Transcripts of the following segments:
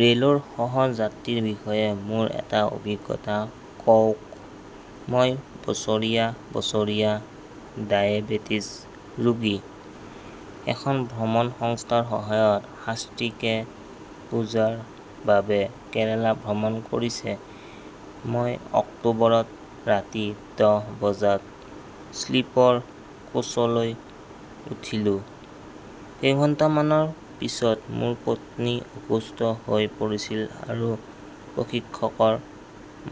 ৰেলৰ সহ-যাত্ৰীৰ বিষয়ে মোৰ এটা অভিজ্ঞতা কওক? মই বছৰীয়া-বছৰীয়া ডায়েবেটিছ ৰোগী। এখন ভ্ৰমণ সংস্থাৰ সহায়ত শাস্ত্ৰীকে পূজাৰ বাবে কেৰালা ভ্ৰমণ কৰিছে। মই অক্টোবৰত ৰাতি দহ বজাত স্লিপৰ কোচলৈ উঠিলো। কেইঘণ্টামানৰ পিছত মোৰ পত্নী অসুস্থ হৈ পৰিছিল আৰু প্ৰশিক্ষকৰ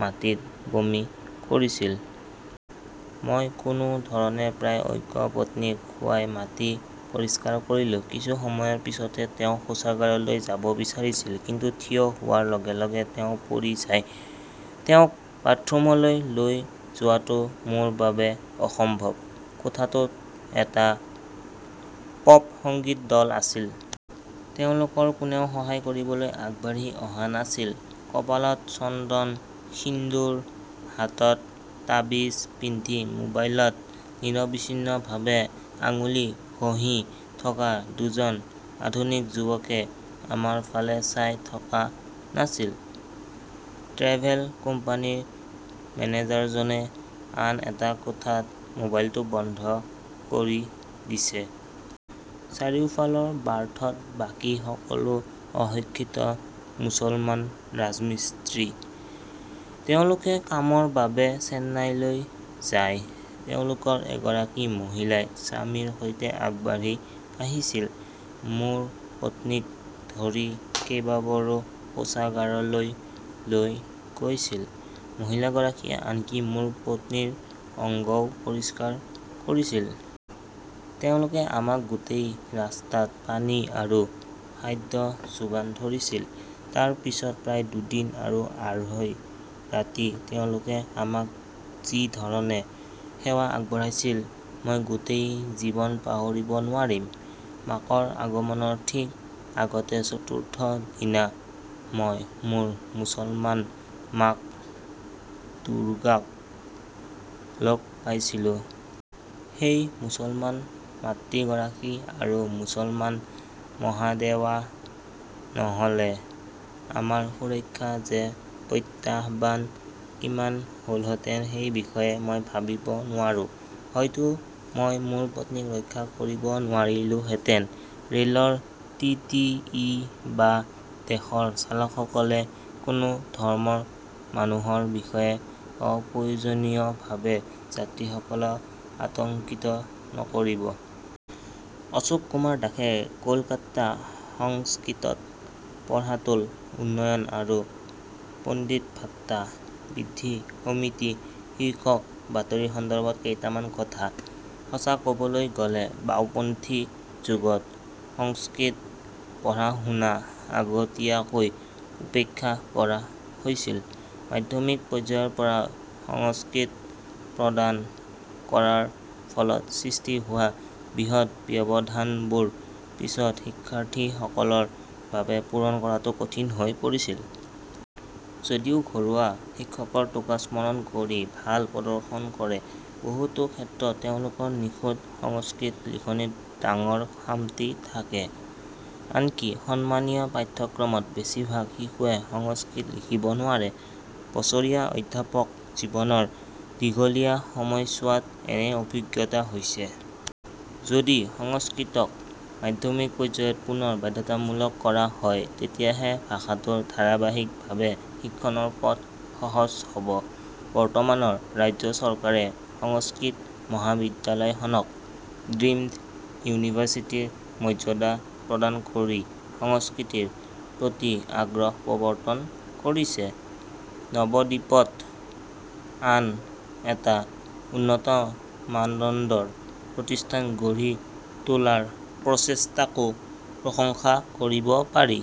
মাটিত বমি কৰিছিল। মই কোনো ধৰণে প্ৰায় অজ্ঞ পত্নীক শুৱাই মাটি পৰিষ্কাৰ কৰিলো। কিছু সময়ৰ পিছতে তেওঁ শৌচাগাৰলৈ যাবলৈ বিচাৰিছিল। কিন্তু থিয় হোৱাৰ লগে-লগে তেওঁ পৰি যায়। তেওঁক বাথৰুমলৈ লৈ যোৱাটো মোৰ বাবে অসম্ভৱ। কোঠাটোত এটা পপ-সংগীত দল আছিল। তেওঁলোকৰ কোনেও সহায় কৰিবলৈ আগবাঢ়ি অহা নাছিল। কপালত চন্দন, সিন্দুৰ, হাতত তাবীজ পিন্ধি, মোবাইলত নিৰবিচ্ছিন্নভাৱে আঙুলি ঘঁহি থকা দুজন আধুনিক যুৱকে আমাৰ ফালে চাই থকা নাছিল। ট্ৰেভেল কোম্পানীৰ মেনেজাৰজনে আন এটা কোঠাত মোবাইলটো বন্ধ কৰি দিছে। চাৰিওফালৰ বাৰ্থত বাকী সকলো অশিক্ষিত মুছলমান ৰাজমিস্ত্ৰী। তেওঁলোকে কামৰ বাবে চেন্নাইলৈ যায়। তেওঁলোকৰ এগৰাকী মহিলাই স্বামীৰ সৈতে আগবাঢ়ি আহিছিল, মোৰ পত্নীক ধৰি কেইবাবাৰো শৌচাগাৰলৈ লৈ গৈছিল। মহিলাগৰাকীয়ে আনকি মোৰ পত্নীৰ অংগও পৰিষ্কাৰ কৰিছিল। তেওঁলোকে আমাক গোটেই ৰাস্তাত পানী আৰু খাদ্য যোগান ধৰিছিল। তাৰ পিছত প্ৰায় দুদিন আৰু আঢ়ৈ ৰাতি তেওঁলোকে আমাক যি ধৰণে সেৱা আগবঢ়াইছিল মই গোটেই জীৱন পাহৰিব নোৱাৰিম। মাকৰ আগমনৰ ঠিক আগতে চতুৰ্থ দিনা মই মোৰ মুছলমান মাক দুৰ্গাক লগ পাইছিলো। সেই মুছলমান মাতৃগৰাকী আৰু মুছলমান মহাদেৱা নহলে আমাৰ সুৰক্ষা মে প্ৰত্যাহ্বান কিমান হলহেঁতেন সেই বিষয়ে মই ভাবিব নোৱাৰো। হয়তো মই মোৰ পত্নীক ৰক্ষা কৰিব নোৱাৰিলোহেঁতেন। ৰেলৰ টি. টি. ই. বা দেশৰ চালকসকলে কোনো ধৰ্মৰ মানুহৰ বিষয়ে অপ্ৰয়োজনীয়ভাৱে যাত্ৰীসকলক আতংকিত নকৰিব। অশোক কুমাৰ দাসে কলকাতা- সংস্কৃতত পঢ়াটোল উন্নয়ন আৰু পণ্ডিত-ভাত্তা বৃদ্ধি সমিতি শীৰ্ষক বাতৰিৰ সন্দৰ্ভত কেইটামান কথা। সঁচা কবলৈ গলে, বাওঁপন্থী যুগত সংস্কৃত পঢ়া-শুনা আগতীয়াকৈ উপেক্ষা কৰা হৈছিল। মাধ্যমিক পৰ্যায়ৰ পৰা সংস্কৃত প্ৰদান কৰাৰ ফলত সৃষ্টি হোৱা বৃহৎ ব্যৱধানবোৰ পিছত শিক্ষাৰ্থীসকলৰ বাবে পূৰণ কৰাটো কঠিন হৈ পৰিছিল। যদিও ঘৰুৱা শিক্ষকৰ 'টোকা' স্মৰণ কৰি ভাল প্ৰদৰ্শন কৰে, বহুতো ক্ষেত্ৰত তেওঁলোকৰ নিখুঁত সংস্কৃত লিখনিত ডাঙৰ খামতি থাকে। আনকি সন্মানীয় পাঠ্যক্ৰমত বেছিভাগ শিশুৱে সংস্কৃত লিখিব নোৱাৰে। বছৰীয়া অধ্যাপক জীৱনৰ দীঘলীয়া সময়ছোৱাত এনে অভিজ্ঞতা হৈছে। যদি সংস্কৃতক মাধ্যমিক পৰ্যায়ত পুনৰ বাধ্যতামূলক কৰা হয়, তেতিয়াহে ভাষাটোৰ ধাৰাবাহিকভাৱে শিক্ষণৰ পথ সহজ হ 'ব। বৰ্তমানৰ ৰাজ্য চৰকাৰে সংস্কৃত মহাবিদ্যালয়খনক ডিম্ড ইউনিভাৰ্চিটিৰ মৰ্যাদা প্ৰদান কৰি সংস্কৃতৰ প্ৰতি আগ্ৰহ প্ৰৱৰ্তন কৰিছে। নৱদ্বীপত আন এটা উন্নত মানদণ্ডৰ প্ৰতিষ্ঠান গঢ়ি তোলাৰ প্ৰচেষ্টাকো প্ৰশংসা কৰিব পাৰি।